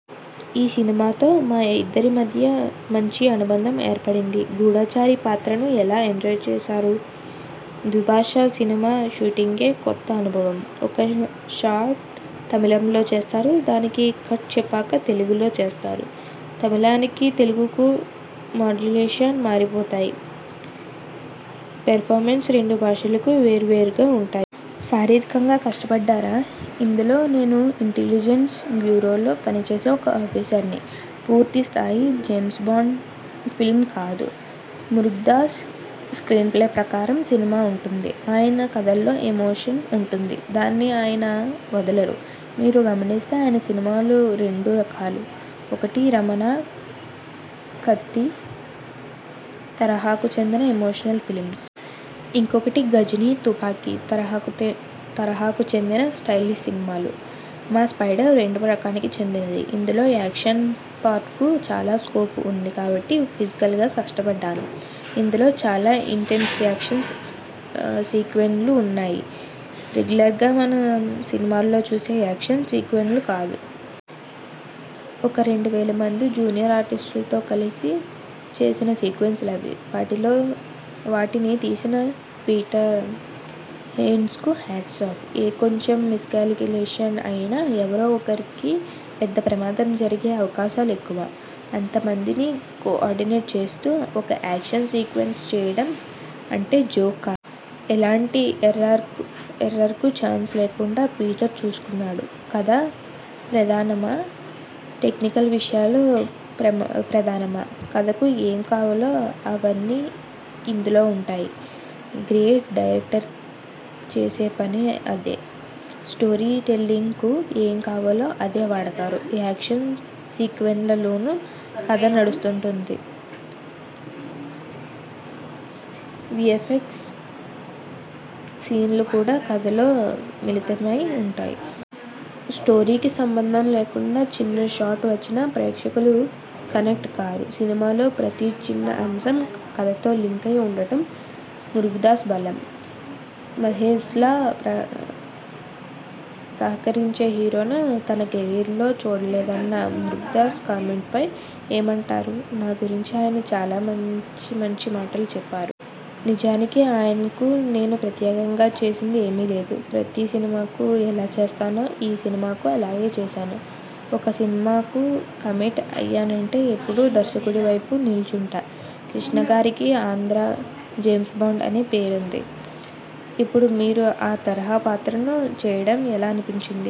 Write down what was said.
ఈ సినిమాతో మా ఇద్దరి మధ్య మంచి అనుబంధం ఏర్పడింది. గూఢచారి పాత్రను ఎలా ఎంజాయ్ చేశారు? ద్విభాషా సినిమా షూటింగే కొత్త అనుభవం. ఒక షాట్ తమిళంలో చేస్తారు. దానికి కట్ చెప్పాక, తెలుగులో చేస్తారు. తమిళానికీ, తెలుగుకూ మాడ్యులేషన్స్ మారిపోతాయి. పెర్ఫార్మెన్సెస్ రెండు భాషలకూ వేర్వేరుగా ఉంటాయి. శారీరకంగా కష్టపడ్డారా? ఇందులో నేను ఇంటలిజెన్స్ బ్యూరోలో పనిచేసే ఒక ఆఫీసర్ని. పూర్తి స్థాయి జేమ్స్బాండ్ ఫిల్మ్ కాదు. మురుగదాస్ స్ర్కీన్ప్లే ప్రకారం సినిమా ఉంటుంది. ఆయన కథల్లో ఎమోషన్ ఉంటుంది. దాన్ని ఆయన వదలరు. మీరు గమనిస్తే ఆయన సినిమాలు రెండు రకాలు. ఒకటి 'రమణ', 'కత్తి' తరహాకు చెందిన ఎమోషనల్ ఫిలిమ్స్. ఇంకొకటి 'గజిని', 'తుపాకి' తరహాకు చెందిన స్టయిలిష్ సినిమాలు. మా 'స్పైడర్' రెండో రకానికి చెందినది. ఇందులో యాక్షన్ పార్ట్కు చాలా స్కోప్ ఉంది కాబట్టి ఫిజికల్గా కష్టపడ్డాను. ఇందులో చాలా ఇంటెన్స్ యాక్షన్ సీక్వెన్స్లు ఉన్నాయి. రెగ్యులర్గా మనం సినిమాల్లో చూసే యాక్షన్ సీక్వెన్స్లు కాదు. ఒక రెండు వేల మంది జూనియర్ ఆర్టిస్టులతో కలిసి చేసిన సీక్వెన్స్లు అవి. వాటిని తీసిన పీటర్ హెయిన్స్కు హ్యాట్సాఫ్! ఏ కొంచెం మిస్కాలిక్యులేషన్ అయినా ఎవరో ఒకరికి పెద్ద ప్రమాదం జరిగే అవకాశాలు ఎక్కువ. అంతమందిని కో-ఆర్డినేట్ చేస్తూ ఒక యాక్షన్ సీక్వెన్స్ చేయడం అంటే జోక్ కాదు. ఎలాంటి ఎర్రర్కూ ఛాన్స్ లేకుండా పీటర్ చూసుకున్నాడు. కథ ప్రధానమా? టెక్నికల్ విషయాలు ప్రధానమా? కథకు ఏం కావాలో అవన్నీ ఇందులో ఉంటాయి. గ్రేట్ డైరెక్టర్ చేసే పని అదే. స్టోరీ టెల్లింగ్కు ఏం కావాలో అదే వాడతారు. యాక్షన్ సీక్వెన్స్లలోనూ కథ నడుస్తుంటుంది. వీఎ్ఫఎక్స్ సీన్లు కూడా కథలో మిళితమై ఉంటాయి. స్టోరీకి సంబంధం లేకుండా చిన్న షాట్ వచ్చినా ప్రేక్షకులు కనెక్ట్ కారు. సినిమాలో ప్రతి చిన్న అంశం కథతో లింకై ఉండటం మురుగదాస్ బలం. మహేశ్లా సహకరించే హీరోను తన కెరీర్లో చూడలేదన్న మురుగదాస్ కామెంట్పై ఏమంటారు? నా గురించి ఆయన చాలా మంచి మంచి మాటలు చెప్పారు. నిజానికి ఆయనకు నేను ప్రత్యేకంగా చేసింది ఏమీ లేదు. ప్రతి సినిమాకూ ఎలా చేస్తానో ఈ సినిమాకూ అలాగే చేశాను. ఒక సినిమాకు కమిట్ అయ్యానంటే ఎప్పుడూ దర్శకుడి వైపు నిల్చుంటా! కృష్ణగారికి 'ఆంధ్రా జేమ్స్బాండ్' అనే పేరుంది. ఇప్పుడు మీరు ఆ తరహా పాత్రను చేయడం ఎలా అనిపించింది?